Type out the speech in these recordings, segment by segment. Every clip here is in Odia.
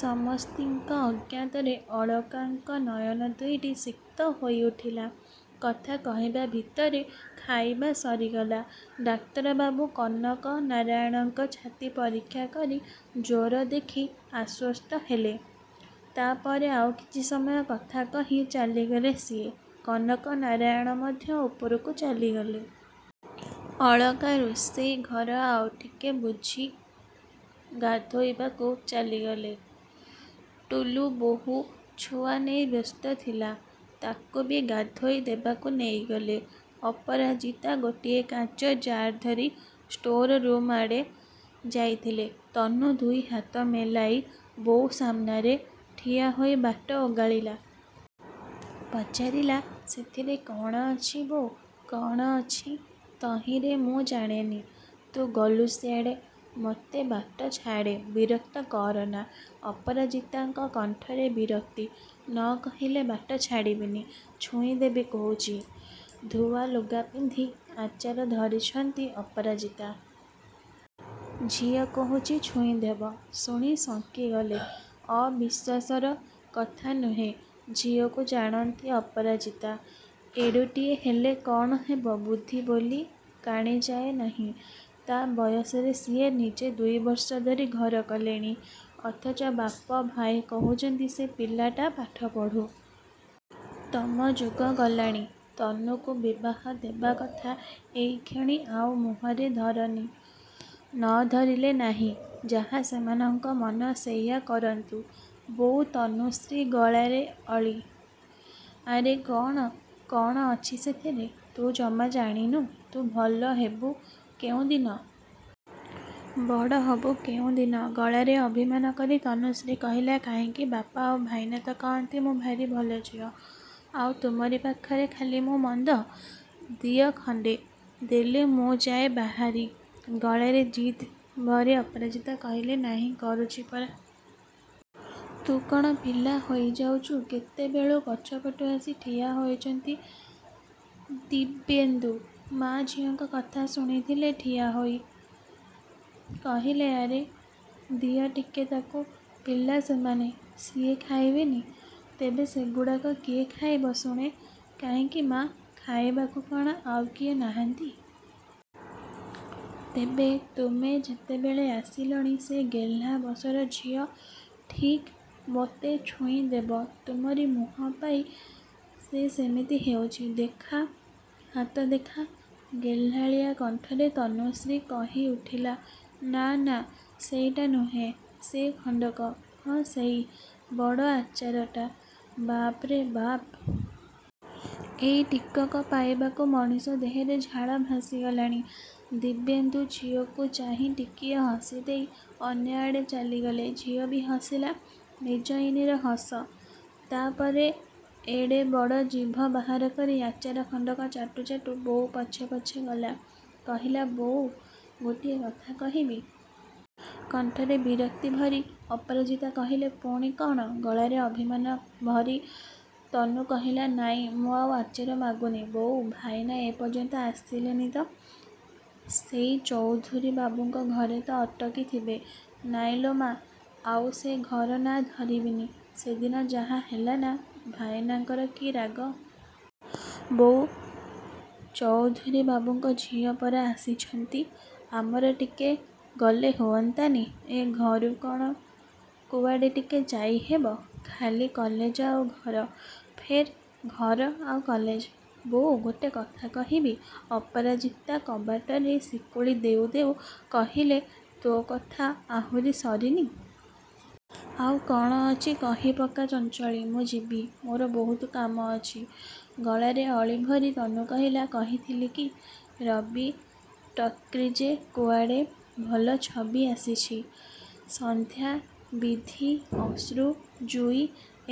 ସମସ୍ତିଙ୍କ ଅଜ୍ଞାତରେ ଅଳକାଙ୍କ ନୟନ ଦୁଇଟି ଶିକ୍ତ ହେଇଉଠିଲା। କଥା କହିବା ଭିତରେ ଖାଇବା ସରିଗଲା। ଡାକ୍ତରବାବୁ କନକ ନାରାୟଣଙ୍କ ଛାତି ପରୀକ୍ଷା କରି, ଜ୍ୱର ଦେଖି ଆସ୍ୱସ୍ତ ହେଲେ। ତାପରେ ଆଉ କିଛି ସମୟ କଥା କହି ଚାଲିଗଲେ ସିଏ, କନକ ନାରାୟଣ ମଧ୍ୟ ଉପରକୁ ଚାଲିଗଲେ। ଅଳକା ରୋଷେଇ ଘର ଆଉ ଟିକେ ବୁଝି ଗାଧୋଇବାକୁ ଚାଲିଗଲେ। ଟୁଲୁ ବୋହୂ ଛୁଆ ନେଇ ବ୍ୟସ୍ତ ଥିଲା। ତାକୁ ବି ଗାଧୋଇ ଦେବାକୁ ନେଇଗଲେ। ଅପରାଜିତା ଗୋଟିଏ କାଚ ଜାର ଧରି ଷ୍ଟୋର ରୁମ୍ ଆଡ଼େ ଯାଇଥିଲେ। ତନୁ ଦୁଇହାତ ମେଲାଇ ବୋଉ ସାମନାରେ ଠିଆହୋଇ ବାଟ ଓଗାଳିଲା। ପଚାରିଲା–ସେଥିରେ କ'ଣ ଅଛି ବୋଉ? କ'ଣ ଅଛି ତହିଁରେ ମୁଁ ଜାଣେନି। ତୁ ଗଲୁ ସିଆଡ଼େ। ମୋତେ ବାଟ ଛାଡ଼େ, ବିରକ୍ତ କରନା। ଅପରାଜିତାଙ୍କ କଣ୍ଠରେ ବିରକ୍ତି। ନ କହିଲେ ବାଟ ଛାଡ଼ିବିନି, ଛୁଇଁଦେବି କହୁଛି। ଧୁଆ ଲୁଗା ପିନ୍ଧି ଆଚାର ଧରିଛନ୍ତି ଅପରାଜିତା। ଝିଅ କହୁଛି ଛୁଇଁଦେବ, ଶୁଣି ଶଙ୍କିଗଲେ। ଅବିଶ୍ୱାସର କଥା ନୁହେଁ, ଝିଅକୁ ଜାଣନ୍ତି ଅପରାଜିତା। ଏଡ଼ୁଟିଏ ହେଲେ କ'ଣ ହେବ, ବୁଦ୍ଧି ବୋଲି କାଣିଚାଏ ନାହିଁ। ତା' ବୟସରେ ସିଏ ନିଜେ ଦୁଇବର୍ଷ ଧରି ଘର କଲେଣି। ଅଥଚ, ବାପ, ଭାଇ, କହୁଛନ୍ତି ସେ ପିଲାଟା ପାଠ ପଢ଼ୁ। ତମ ଯୁଗ ଗଲାଣି। ତନୁକୁ ବିବାହ ଦେବା କଥା ଏଇକ୍ଷଣି ଆଉ ମୁହଁରେ ଧରନି। ନ ଧରିଲେ ନାହିଁ, ଯାହା ସେମାନଙ୍କ ମନ ସେଇୟା କରନ୍ତୁ। ବୋଉ. ତନୁଶ୍ରୀ ଗଳାରେ ଅଳି। ଆରେ କ'ଣ? କ'ଣ ଅଛି ସେଥିରେ? ତୁ ଜମା ଜାଣିନୁ? ତୁ ଭଲ ହେବୁ କେଉଁଦିନ। ବଡ଼ ହବୁ କେଉଁଦିନ? ଗଳାରେ ଅଭିମାନ କରି ତନୁଶ୍ରୀ କହିଲା କାହିଁକି, ବାପା ଆଉ ଭାଇନା ତ କହନ୍ତି ମୁଁ ଭାରି ଭଲଝିଅ, ଆଉ ତୁମରି ପାଖରେ ଖାଲି ମୁଁ ମନ୍ଦ। ଦିଅ ଖଣ୍ଡେ, ଦେଲେ ମୁଁ ଯାଏ ବାହାରି। ଗଳାରେ ଜିଦ୍ ଭରି ଅପରାଜିତା କହିଲେ ନାହିଁ କରୁଛି ପରା। ତୁ କ'ଣ ପିଲା ହୋଇଯାଉଛୁ? କେତେବେଳୁ ପଛପଟୁ ଆସି ଠିଆ ହୋଇଛନ୍ତି ଦିବ୍ୟେନ୍ଦୁ। ମାଆ ଝିଅଙ୍କ କଥା ଶୁଣିଥିଲେ ଠିଆହୋଇ। କହିଲେ ଆରେ ଦିଅ ଟିକେ ତାକୁ। ପିଲା ସେମାନେ, ସିଏ ଖାଇବେନି, ତେବେ ସେଗୁଡାକ କିଏ ଖାଇବ ଶୁଣେ? କାହିଁକି ମା, ଖାଇବାକୁ କ'ଣ ଆଉ କିଏ ନାହାନ୍ତି? ତେବେ ତୁମେ ଯେତେବେଳେ ଆସିଲଣି ସେ ଗେହ୍ଲାବସର ଝିଅ ଠିକ୍ ମୋତେ ଛୁଇଁଦେବ। ତୁମରି ମୁହଁ ପାଇ ସେ ସେମିତି ହେଉଛି। ଦେଖା, ହାତ ଦେଖା। ଗେହ୍ଲାଳିଆ କଣ୍ଠରେ ତନୁଶ୍ରୀ କହିଉଠିଲା ନା ନା, ସେଇଟା ନୁହେଁ। ସେ ଖଣ୍ଡକ। ହଁ, ସେଇ ବଡ଼ ଆଚାରଟା। ବାପ୍ରେ ବାପ୍! ଏଇ ଟିକକ ପାଇବାକୁ ମଣିଷ ଦେହରେ ଝାଳ ଭାସିଗଲାଣି। ଦିବ୍ୟେନ୍ଦୁ ଝିଅକୁ ଚାହିଁ ଟିକିଏ ହସିଦେଇ ଅନ୍ୟଆଡ଼େ ଚାଲିଗଲେ। ଝିଅବି ହସିଲା, ବିଜୟିନୀର ହସ। ତାପରେ ଏଡ଼େବଡ଼ ଜିଭ ବାହାର କରି ଆଚାର ଖଣ୍ଡକ ଚାଟୁ ଚାଟୁ ବୋଉ ପଛେ ପଛେ ଗଲା। କହିଲା ବୋଉ, ଗୋଟିଏ କଥା କହିବି। କଣ୍ଠରେ ବିରକ୍ତି ଭରି ଅପରାଜିତା କହିଲେ ପୁଣି କ'ଣ? ଗଳାରେ ଅଭିମାନ ଭରି ତନୁ କହିଲା ନାଇଁ ମୁଁ ଆଉ ଆଚାର ମାଗୁନି। ବୋଉ, ଭାଇନା ଏ ପର୍ଯ୍ୟନ୍ତ ଆସିଲେନି ତ? ସେଇ ଚଉଧୂରୀ ବାବୁଙ୍କ ଘରେ ତ ଅଟକିଥିବେ। ନାଇଁ ଲୋ ମା, ଆଉ ସେ ଘର ନାଁ ଧରିବିନି; ସେଦିନ ଯାହା ହେଲାନା, ଭାଇନାଙ୍କର କି ରାଗ। ବୋଉ, ଚଉଧୁରୀ ବାବୁଙ୍କ ଝିଅ ପରା ଆସିଛନ୍ତି। ଆମର ଟିକେ ଗଲେ ହୁଅନ୍ତାନି?ଏ ଘରୁ କ'ଣ କୁଆଡ଼େ ଟିକେ ଯାଇହେବ! ଖାଲି କଲେଜ ଆଉ ଘର, ଫେର୍ ଘର ଆଉ କଲେଜ। ବୋଉ, ଗୋଟେ କଥା କହିବି? ଅପରାଜିତା କବାଟରେ ଶିକୁଳି ଦେଉ ଦେଉ କହିଲେ ତୋ କଥା ଆହୁରି ସରିନି? ଆଉ କ'ଣ ଅଛି କହିପକା ଚଞ୍ଚଳୀ, ମୁଁ ଯିବି। ମୋର ବହୁତ କାମ ଅଛି। ଗଳାରେ ଅଳି ଭରି ତନୁ କହିଲା କହିଥିଲି କି, ରବି ଟକିଜ୍ରେ କୁଆଡ଼େ ଭଲ ଛବି ଆସିଛି। ସନ୍ଧ୍ୟା, ବୀଥି, ଅଶୃ, ଜୁଇ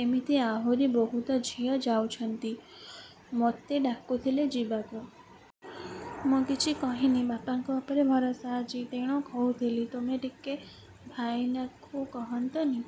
ଏମିତି ଆହୁରି ବହୁତ ଝିଅ ଯାଉଛନ୍ତି। ମୋତେ ଡାକୁଥିଲେ ଯିବାକୁ। ମୁଁ କିଛି କହିନି। ବାପାଙ୍କ ଉପରେ ଭରସା ଅଛି। ତେଣୁ କହୁଥିଲି ତୁମେ ଟିକେ ଭାଇନାକୁ କହନ୍ତନି?